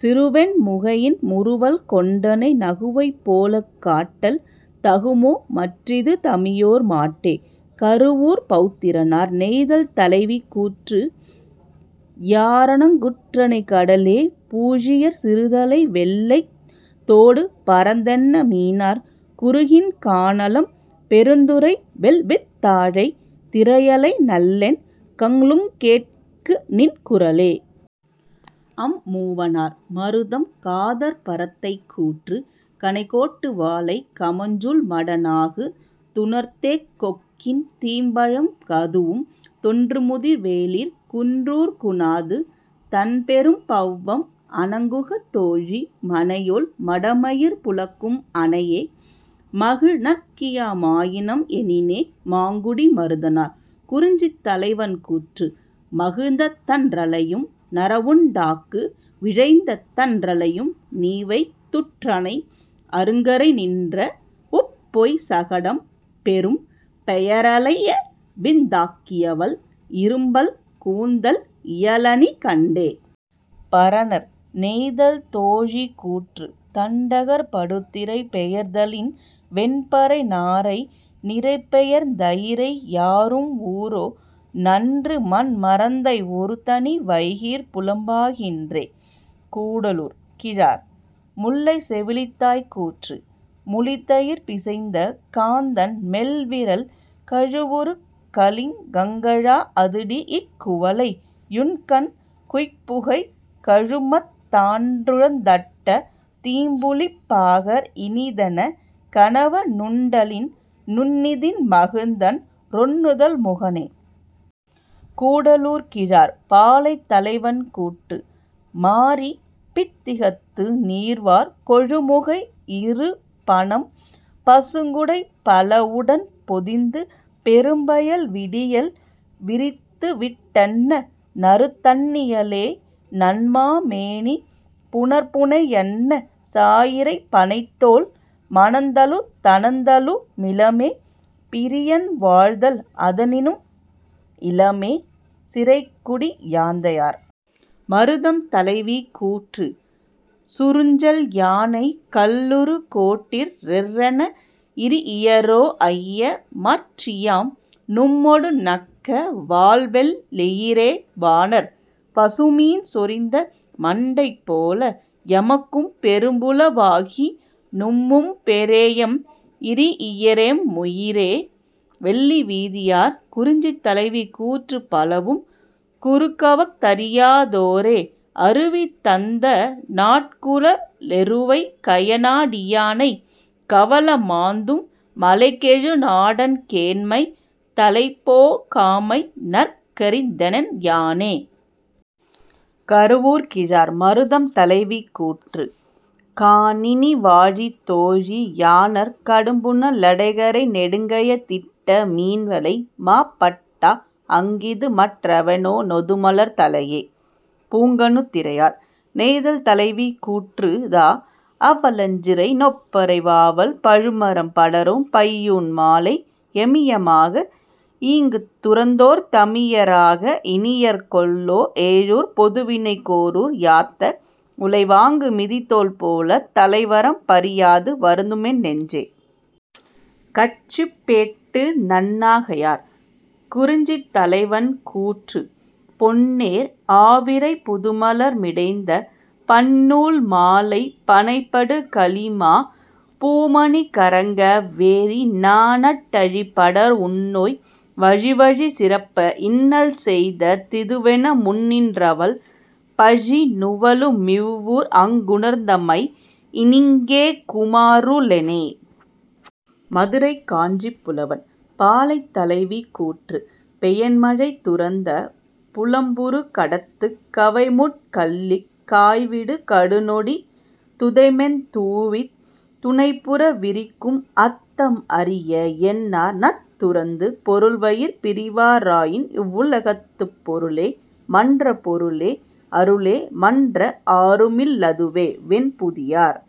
சிறுவெண் முகையின் முறுவல் கொண்டனை நகுவை போலக் காட்டல் தகுமோ மற்றிது தமியோர் மாட்டே. -கருவூர்ப் பவுத்திரனார்.. நெய்தல் தலைவி கூற்று யாரணங் குற்றனை கடலே பூழியர் சிறுதலை வெள்ளைத் தோடுபரந் தன்ன மீனார் குருகின் கானலம் பெருந்துறை வெள்வீத் தாழை திரையலை நள்ளென் கங்குலுங் கேட்குநின் குரலே. -அம்மூவனார்.. மருதம் காதற்பரத்தை கூற்று கணைக்கோட்டு வாளை கமஞ்சூல் மடநாகு துணர்த்தேக் கொக்கின் தீம்பழம் கதூஉம் தொன்றுமுதிர் வேளிர் குன்றூர்க் குணாது தண்பெரும் பவ்வம் அணங்குக தோழி மனையோள் மடமையிற் புலக்கும் அனையே மகிழ்நற்கியா மாயினம் எனினே. -மாங்குடி மருதனார்.. குறிஞ்சி தலைவன் கூற்று மகிழ்ந்ததன் றலையும் நறவுண் டாங்கு விழைந்ததன் றலையும் நீவெய் துற்றனை அருங்கரை நின்ற உப்பொய் சகடம் பெரும்பெய றலையவீந் தாங்கியவள் இரும்பல் கூந்தல் இயலணி கண்டே. -பரணர்.. நெய்தல் தோழி கூற்று தண்கடற் படுதிரை பெயர்த்தலின் வெண்பறை நாரை நிரைபெயர்ந் தயிரை யாரும் ஊரோ நன்றுமன் மரந்தை ஒருதனி வைகிற் புலம்பா கின்றே. -கூடலூர் கிழார்.. முல்லை செவிலித்தாய் கூற்று முளிதயிர் பிசைந்த காந்தண் மெல்விரல் கழுவுறு கலிங்கங் கழாஅ துடீஇக் குவளை யுண்கண் குய்ப்புகை கழுமத் தான்றுழந் தட்ட தீம்புளிப் பாகர் இனிதெனக் கணவ னுண்டலின் நுண்ணிதின் மகிழ்ந்தன் றொண்ணுதல் முகனே. -கூடலூர் கிழார்.. பாலை தலைவன் கூற்று மாரிப் பித்திகத்து நீர்வார் கொழுமுகை இரும்பனம் பசுங்குடைப் பலவுடன் பொதிந்து பெரும்பெயல் விடியல் விரித்துவிட் டன்ன நறுந்தண் ணியளே நன்மா மேனி புனற்புணை யன்ன சாயிறைப் பணைத்தோள் மணத்தலுந் தணத்தலு மிலமே பிரியின் வாழ்தல் அதனினும் இலமே. -சிறைக்குடி யாந்தையார்.. மருதம் தலைவி கூற்று சுரஞ்செல் யானைக் கல்லுறு கோட்டிற் றெற்றென இறீஇயரோ ஐய மற்றியாம் நும்மொடு நக்க வால்வெள் ளெயிறே பாணர், பசுமீன் சொரிந்த மண்டைபோல எமக்கும் பெரும்புல வாகி நும்மும் பெறேஎம் இறீஇயரெம் முயிரே. -வெள்ளிவீதியார்.. குறிஞ்சி தலைவி கூற்று பலவும் கூறுகவஃ தறியா தோரே அருவி தந்த நாட்குர லெருவை கயனா டியானை கவள மாந்தும் மலைகெழு நாடன் கேண்மை தலைபோ காமைநற் கறிந்தனென் யானே. -கருவூர்கிழார்.. மருதம் தலைவி கூற்று காணினி வாழி தோழி யாணர்க் கடும்புன லடைகரை நெடுங்கயத் திட்ட மீன்வலை மாப்பட் டாஅங் கிதுமற் றெவனோ நொதுமலர் தலையே. -பூங்கணுத்திரையார்.. நெய்தல் தலைவி கூற்று தாஅ வலஞ்சிறை நொப்பறை வாவல் பழுமரம் படரும் பையுன் மாலை எமிய மாக ஈங்குத் துறந்தோர் தமிய ராக இனியர் கொல்லோ ஏழூர்ப் பொதுவினைக் கோரூர் யாத்த உலைவாங்கு மிதிதோல் போலத் தலைவரம் பறியாது வருந்துமென் னெஞ்சே. -கச்சிப்பேட்டு நன்னாகையார்.. குறிஞ்சி தலைவன் கூற்று பொன்னேர் ஆவிரைப் புதுமலர் மிடைந்த பன்னூல் மாலைப் பனைபடு கலிமாப் பூண்மணி கறங்க வேறி நாணட் டழிபடர் உண்ணோய் வழிவழி சிறப்ப இன்னள் செய்த திதுவென முன்னின் றவள் பழி நுவலு மிவ்வூர் ஆங்குணர்ந் தமையினீங் கேகுமா றுளெனே. -மதுரைக் காஞ்சிப்புலவன்.. பாலை தலைவி கூற்று பெயன்மழை துறந்த புலம்புறு கடத்துக் கவைமுட் கள்ளிக் காய்விடு கடுநொடி துதைமென் தூவித் துணைப்புற விரிக்கும் அத்தம் அரிய என்னார் நத்துறந்து பொருள்வயிற் பிரிவா ராயினிவ் வுலகத்துப் பொருளே மன்ற பொருளே அருளே மன்ற ஆருமில் லதுவே. -வெண்பூதியார்..